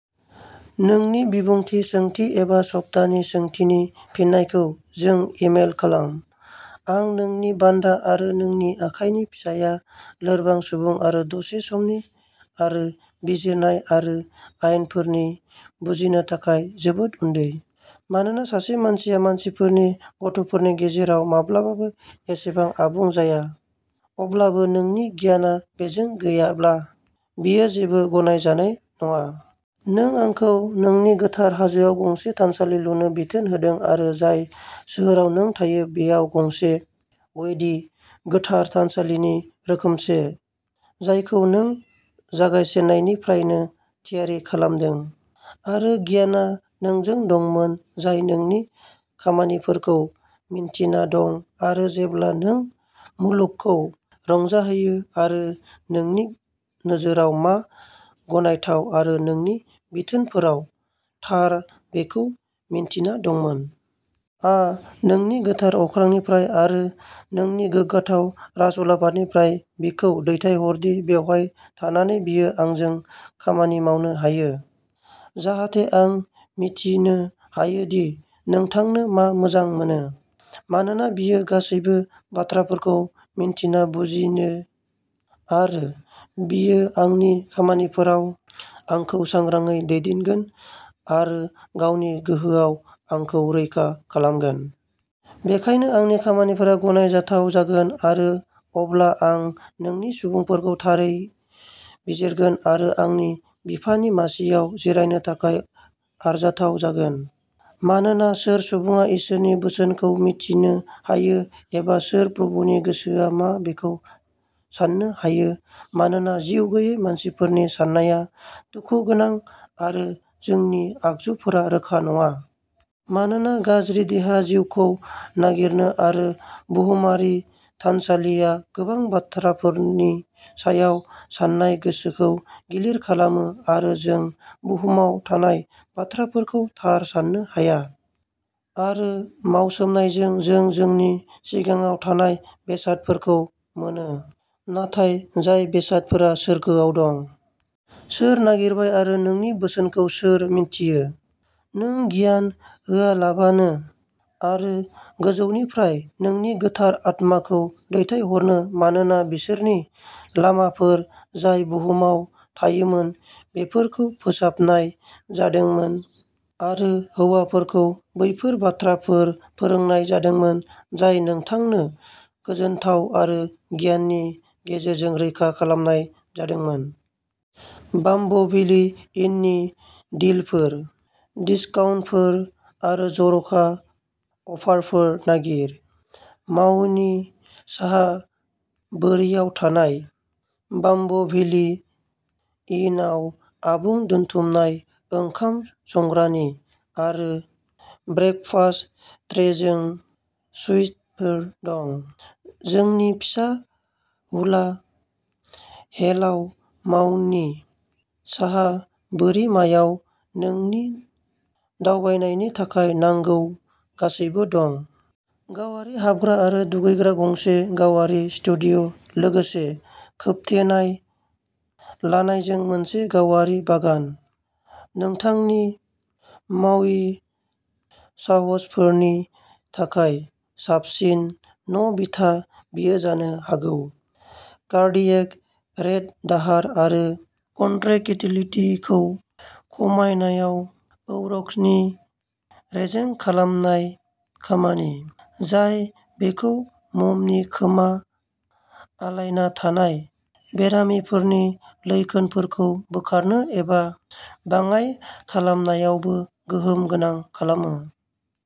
नोंनि बिबुंथि सोंथि एबा सप्तानि सोंथिनि फिननायखौ जों इमेल खालाम। आं नोंनि बान्दा आरो नोंनि आखाइनि फिसाया लोरबां सुबुं आरो दसे समनि आरो बिजिरनाय आरो आयेनफोरनि बुजिनो थाखाय जोबोद उन्दै। मानोना सासे मानसिया मानसिफोरनि गथ'फोरनि गेजेराव माब्लाबाबो एसेबां आबुं जाया, अब्लाबो नोंनि गियानआ बेजों गैयाब्ला, बियो जेबो गनाय जानाय नङा। नों आंखौ नोंनि गोथार हाजोआव गंसे थानसालि लुनो बिथोन होदों आरो जाय सोहोराव नों थायो बेयाव गंसे वेदी, गोथार थानसालिनि रोखोमसे, जायखौ नों जागायजेन्नायनिफ्रायनो थियारि खालामदों। आरो गियानआ नोंजों दंमोन जाय नोंनि खामानिफोरखौ मिन्थिना दं आरो जेब्ला नों मुलुगखौ रंजाहोयो आरो नोंनि नोजोराव मा गनायथाव आरो नोंनि बिथोनफोराव थार बेखौ मिन्थिना दंमोन। आ नोंनि गोथार अख्रांनिफ्राय आरो नोंनि गोग्गाथाव राजउलाफादनिफ्राय बिखौ दैथायहरदि बेवहाय थानानै बियो आंजों खामानि मावनो हायो, जाहाथे आं मिथिनो हायो दि नोंथांनो मा मोजां मोनो। मानोना बियो गासैबो बाथ्राफोरखौ मिन्थिना बुजियो आरो बियो आंनि खामानिफोराव आंखौ सांग्राङै दैदेनगोन आरो गावनि गोहोआव आंखौ रैखा खालामगोन। बेनिखायनो आंनि खामानिफोरा गनायजाथाव जागोन, आरो अब्ला आं नोंनि सुबुंफोरखौ थारै बिजिरगोन आरो आंनि बिफानि मासिआव जिरायनो थाखाय आरजाथाव जागोन। मानोना सोर सुबुङा इसोरनि बोसोनखौ मिथिनो हायो एबा सोर प्रभुनि गोसोआ मा बेखौ सान्नो हायो मानोना जिउगैयै मानसिफोरनि साननाया दुखुगोनां आरो जोंनि आगजुफोरा रोखा नङा। मानोना गाज्रि देहाया जिउखौ नारसिनो आरो बुहुमारि थानसालिया गोबां बाथ्राफोरनि सायाव सान्नाय गोसोखौ गिलिर खालामो आरो जों बुहुमाव थानाय बाथ्राफोरखौ थार सान्नो हाया, आरो मावसोमनायजों जों जोंनि सिगाङाव थानाय बेसादफोरखौ मोनोः नाथाय जाय बेसादफोरा सोरगोआव दं। सोर नागिरबाय आरो नोंनि बोसोनखौ सोर मिन्थियो, नों गियान होआलाबानो आरो गोजौनिफ्राय नोंनि गोथार आत्माखौ दैथायहरनो मानोना बिसोरनि लामाफोर जाय बुहुमाव थायोमोन बेफोरखौ फोसाबनाय जादोंमोन आरो हौवाफोरखौ बैफोर बाथ्राफोर फोरोंनाय जादोंमोन जाय नोंथांनो गोजोनथाव आरो गियाननि गेजेरजों रैखा खालामनाय जादोंमोन। बाम्ब'भेलि इननि डिलफोर, डिस्काउन्टफोर आरो जर'खा अफारफोर नागिर। माउयनि साहा बोरियाव थानाय, बाम्ब'भेलि इनआव आबुं दोनथुमनाय ओंखाम संग्रानि आरो ब्रेकफास्ट ट्रेजों सुइटफोर दं। जोंनि फिसा हुला हेलआव माउनि साहा बोरिमायाव नोंनि दावबायनायनि थाखाय नांगौ गासैबो दं। गावारि हाबग्रा आरो दुगैग्रा गंसे गावारि स्टुडिय', लोगोसे खोबथेनाय लानाइजों मोनसे गावारि बागान। नोंथांनि माउइ साहसफोरनि थाखाय साबसिन न'- बिथा, बेयो जानो हागौ कार्डियेक रेट दाहार आरो कन्ट्रेक्टिलिटिखौ खमायनायाव औरक्सनि रेजें खालामनाय खामानि, जाय बेखौ ममनि खोमा आलायना थानाय बेरामिफोरनि लैखोनफोरखौ बोखारनो एबा बाङाइ खालामनायावबो गोहोम गोनां खालामो।